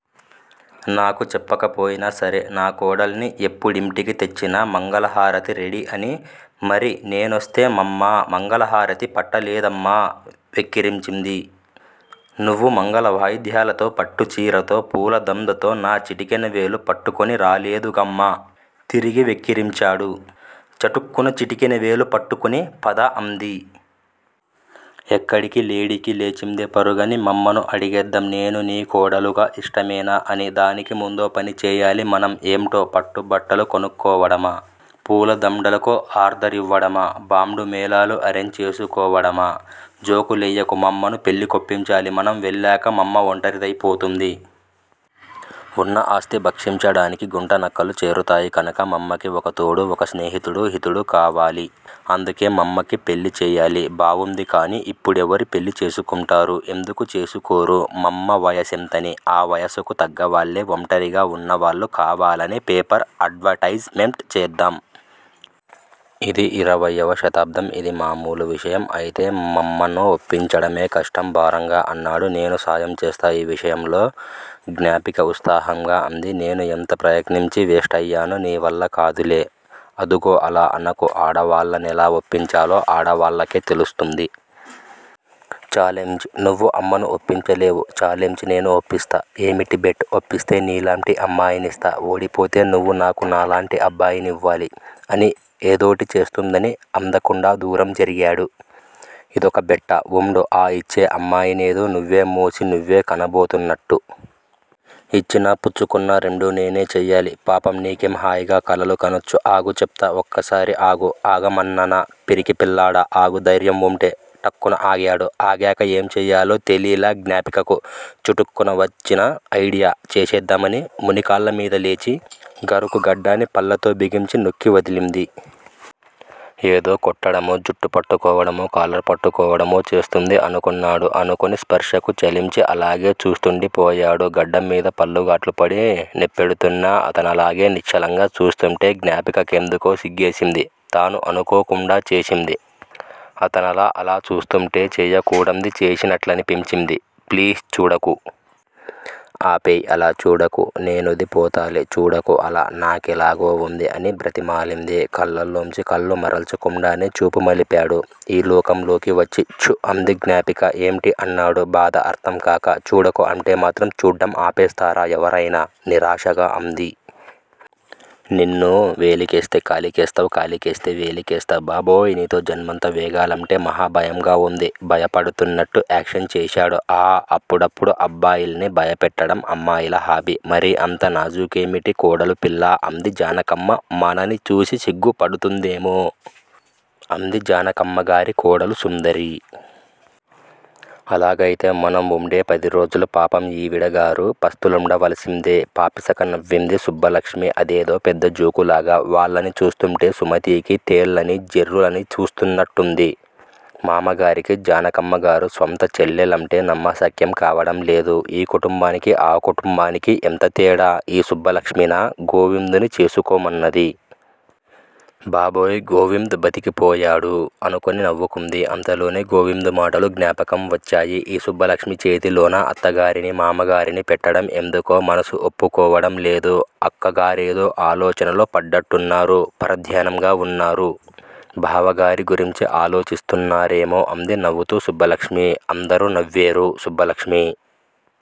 నాకు చెప్పకపోయినా సరే నా కోడల్ని ఎప్పుడింటికి తెచ్చినా మంగళహారతి రెడీ' అని! మరి, నేనొస్తే మమ్మా మంగళహారతి పట్టలేదేమ్మా?! వెక్కిరించింది. నువ్వు మంగళవాయిద్యాలతో, పట్టుచీరతో, పూలదందతో, నా చిటికెన వేలు పట్టుకుని రాలేదుగమ్మా! తిరిగి వెక్కిరించాడు. చటుకున్న చిటికెన వేలు పట్టుకుని, పద! అంది. ఎక్కడికీ లేడికి లేచిందే పరుగని?! మమ్మను అడిగేద్దాం- 'నేను నీ కోడలుగా ఇష్టమేనా ' అని! దానికి ముందో పని చెయ్యాలి మనం! ఏంటో?! పట్టుబట్టల కొనుక్కోవడమా? పూలదండలకు ఆర్దరివ్వడమా? బాండూ, మేళాలు అరేంజ్ చేసుకోవడమా? జోకులెయ్యకు! మమ్మాను పెళ్ళికొప్పించాలి! మనం వెళ్లాక మమ్మ ఒంటరి దయిపోతుంది. ఉన్న ఆస్తి భక్షించడానికి గుంటనక్కలు చేరతాయి. కనుక మమ్మకి ఒక తోడూ, ఒక స్నేహితుడూ, హితుడు కావాలి! అందుకే మమ్మకి పెళ్ళి చెయ్యాలి. బావుంది! కానీ, ఇప్పుడెవరు పెళ్ళి చేసుకుంటారు? ఎందుకు చేసుకోరు? మామ్మ వయ సెంతని? ఆ వయసుకు తగ్గవాళ్ళే, ఒంటరిగా ఉన్నవాళ్ళు కావాలని పేపర్ అడ్వటైజ్ మెంట్ చేద్దాం! ఇది ఇరవై వ శతాబ్దం ఇది మామూలు విషయం! అయితే మమ్మను ఒప్పించడమే కష్టం! భారంగా అన్నాడు. నేనూ సాయం చేస్తా ఈ విషయంలో! జ్ఞాపిక ఉత్సాహంగా అంది. నేను ఎంత ప్రయత్నించీ వేస్టయ్యాను. నీవల్ల కాదులే! అదుగో అలా అనకు! ఆడవాళ్ళనెలా ఒప్పించాలో ఆడవాళ్ళకే తెలుస్తుంది. ఛాలెంజ్! నువ్వు అమ్మను ఒప్పించలేవు. ఛాలెంజ్! నేను ఒప్పిస్తా! ఏవిటి బెట్? ఒప్పిస్తే నీలాంటి అమ్మాయినిస్తా! ఓడిపోతే నువ్వు నాకు నాలాంటి అబ్బాయినివ్వాలి! అని ఏదోటి చేస్తుందని అందకుండా దూరం జరిగాడు. ఇదొక బెట్టా! ఉండు ఆ ఇచ్చే అమ్మాయినేదో నువ్వే మోసి, నువ్వే కనబోతున్నట్టు! ఇచ్చినా, పుచ్చుకున్నా రెండూ నేనే చెయ్యాలి! పాపం- నీకేం హాయిగా కలలు కనొచ్చు! ఆగు చెప్తా! ఒక్కసారి ఆగు! ఆగమన్నానా పిరికిపిల్లాడా- ఆగు దైర్యం ఉంటే! ఠక్కున ఆగాడు! ఆగాక ఏంచెయ్యాలో తెలీలా గ్నపికకు! చుటుక్కున వచ్చిన ఐడియా చేసేద్దామని మునికాళ్ల మీద లేచి గరుకుగడ్డాన్ని పళ్లతో బిగించి నొక్కి వదిలింది. ఏదో కొట్టడమో, జుట్టు పట్టుకోవడమో, కాలర్ పట్టుకోవడమో చేస్తుంది అనుకున్నాడు. అనుకొని స్పర్శకు చలించి అలాగే చూస్తుండిపోయాడు. గడ్డంమీద పళ్లగాట్లు పడి నెప్పెడుతున్నా అతనలాగే నిశ్చలంగా చూస్తుంటే జ్ఞాపిక కెందుకో సిగ్గేసింది! తానూ అనుకోకుండా చేసింది. అతనలా, అలా చూస్తూంటే చేయకూడంది చేసినట్లనిపించింది. ప్లీజ్ చూడకూ! ఆ పేయ్ఁ అలా చూడకూ! నేనోదిపోతాలే- చూడకూ అలా! నాకెలాగో ఉంది! అని బ్రతిమాలింది. కళ్ళలోంచి కళ్ళు మరల్చకుండానే చూపు మలిపాడు- ఈ లోకంలోకి వచ్చి. ష్చ్ అంది జ్ఞాపిక. ఏంటి? అన్నాడు బాధ అర్థంకాక. చూడకూ అంటే మాత్రం చూడ్డం ఆపేస్తారా ఎవరయినా?! నిరాశాగా అంది. నిన్నూ! వేలికేస్తే కాలికేస్తావ్, కాలికేస్తే వేలికేస్తావ్! బాబోయ్ఁ నీతో జన్మంతా వేగాలంటే మహా భయంగా ఉంది! భయపడుతున్నట్టు యాక్షన్ చేశాడు. ఆఁ అప్పుడప్పుడు అబ్బాయిల్ని భయపెట్టడం అమ్మాయిల హాబీ! మరీ అంత నాజుకేమిటి కోడలుపిల్లా? అంది జానకమ్మ మనని చూసి సిగ్గు పడుతుందేమో! అంది జానకమ్మగారి కోడలు సుందరి. అలాగయితే మనంవుండే పదిరోజులూ పాపం ఈవిడగారు పస్తుండవలసిందే పపిసకా నవ్వింది సుబ్బలక్ష్మి అదేదో పెద్ద జోకులాగా. వాళ్ళని చూస్తుంటే సుమతికి తేళ్ళనీ, జెర్రులనీ చూస్తూన్నట్టుంది. మామగారికి జానకమ్మగారు స్వంత చేల్లెలంటే నమ్మశక్యం కావడంలేదు. ఈ కుటుంబానికీ ఆ కుటుంబానికీ ఎంతతేడా! ఈ సుబ్బలక్ష్మినా, గోవిందుని చేసుకొమన్నది? బాబోయ్ గోవింద్ బతికిపోయాడు అనుకుని నవ్వుకుంది అంతలోనే గోవిందు మాటలు జ్ఞాపకం వచ్చాయి. ఈ సుబ్బలక్ష్మి చేతిలోనా అత్తగారినీ, మామగారినీ పెట్టడం? ఎందుకో మనసు ఒప్పుకోవడంలేదు. అక్కగారేదో ఆలోచనలో పడ్డట్టున్నారు. పరధ్యానంగా వున్నారు. బావాగారి గురించి ఆలోచిస్తున్నారేమో! అంది నవ్వుతూ సుబ్బలక్ష్మి. అందరూ నవ్వేరు. సుబ్బలక్ష్మి